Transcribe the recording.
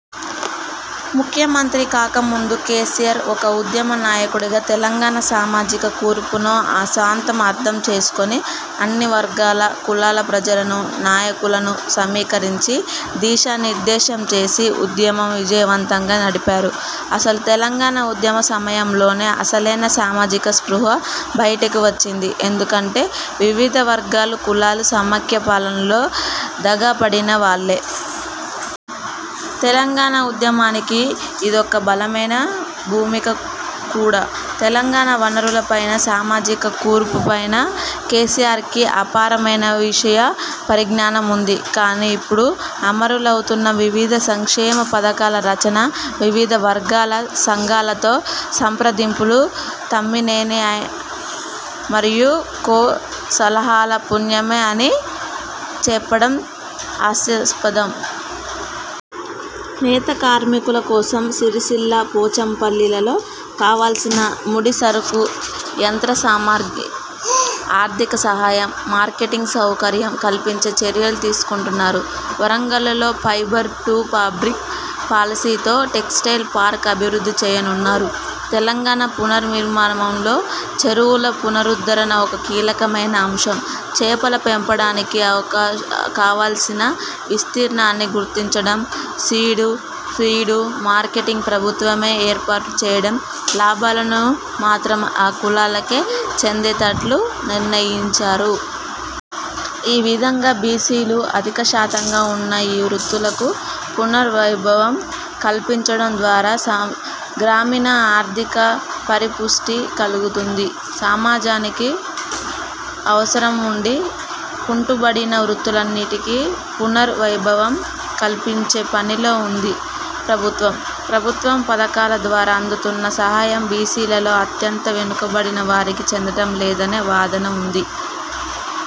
ముఖ్యమంత్రి కాకముందు కేసీఆర్ ఒక ఉద్యమ నాయకుడుగా తెలంగాణ సామాజిక కూర్పును ఆసాంతం అర్థం చేసుకొని అన్నివర్గాల, కులాల ప్రజలను, నాయకులను సమీకరించి దిశా నిర్దేశం చేసి ఉద్యమం విజయవంతంగా నడిపారు. అసలు తెలంగాణ ఉద్యమ సమయంలోనే అసలైన సామాజిక స్పృహ బయటికి వచ్చింది. ఎందుకంటే వివిధ వర్గాలు, కులాలు సమైక్య పాలనలో దగాపడిన వాల్లే. తెలంగాణ ఉద్యమానికి ఇదొక బలమైన భూమిక కూడా. తెలంగాణ వనరుల పైన, సామాజిక కూర్పు పైన కేసీఆర్కి అపారమైన విషయ పరిజ్ఞానం ఉంది. కానీ, ఇప్పుడు అమలవుతున్న వివిధ సంక్షేమ పథకాల రచన, వివిధ వర్గాల, సంఘాలతో సంప్రదింపులు తమ్మినేని & కో సలహాల పుణ్యమే అని చెప్పడం హాస్యాస్పదం. నేత కార్మికుల కోసం సిరిసిల్ల, పోచంపల్లిలలో కావాల్సిన ముడిసరుకు, యంత్ర సామర్ధి, ఆర్థిక సహాయం, మార్కెటింగ్ సౌకర్యం కల్పించే చర్యలు తీసుకుంటున్నారు. వరంగల్లులో 'ఫైబరు టూ ఫాబ్రిక్' పాలసీతో టెక్స్టైల్ పార్క్ అభివృద్ధి చేయనున్నారు. తెలంగాణ పునర్నిర్మాణంలో చెరువుల పునరుద్ధరణ ఒక కీలకమైన అంశం. చేపల పెంపకానికి కావాల్సిన విస్తీర్ణాన్ని గుర్తించడం, సీడు, ఫీడు, మార్కెటింగ్ ప్రభుత్వమే ఏర్పాటుచేయడం, లాభాలను మాత్రం ఆ కులాలకే చెందేటట్లు నిర్ణయించారు. ఈ విధంగా బీసీలు అధిక శాతంగా వున్న ఈ వృత్తులకు పునర్వైభవం కల్పించటం ద్వారా గ్రామీణ ఆర్థిక పరిపుష్టి కలుగుతుంది. సామాజానికి అవసరం ఉండి కుంటుపడిన వృత్తులన్నింటికీ పునర్ వైభవం కల్పించే పనిలో వుంది ప్రభుత్వం. ప్రభుత్వ పథకాల ద్వారా అందుతున్న సహాయం బీసీలలో అత్యంత వెనుకబడిన వారికి చెందటం లేదనే వాదన ఉంది.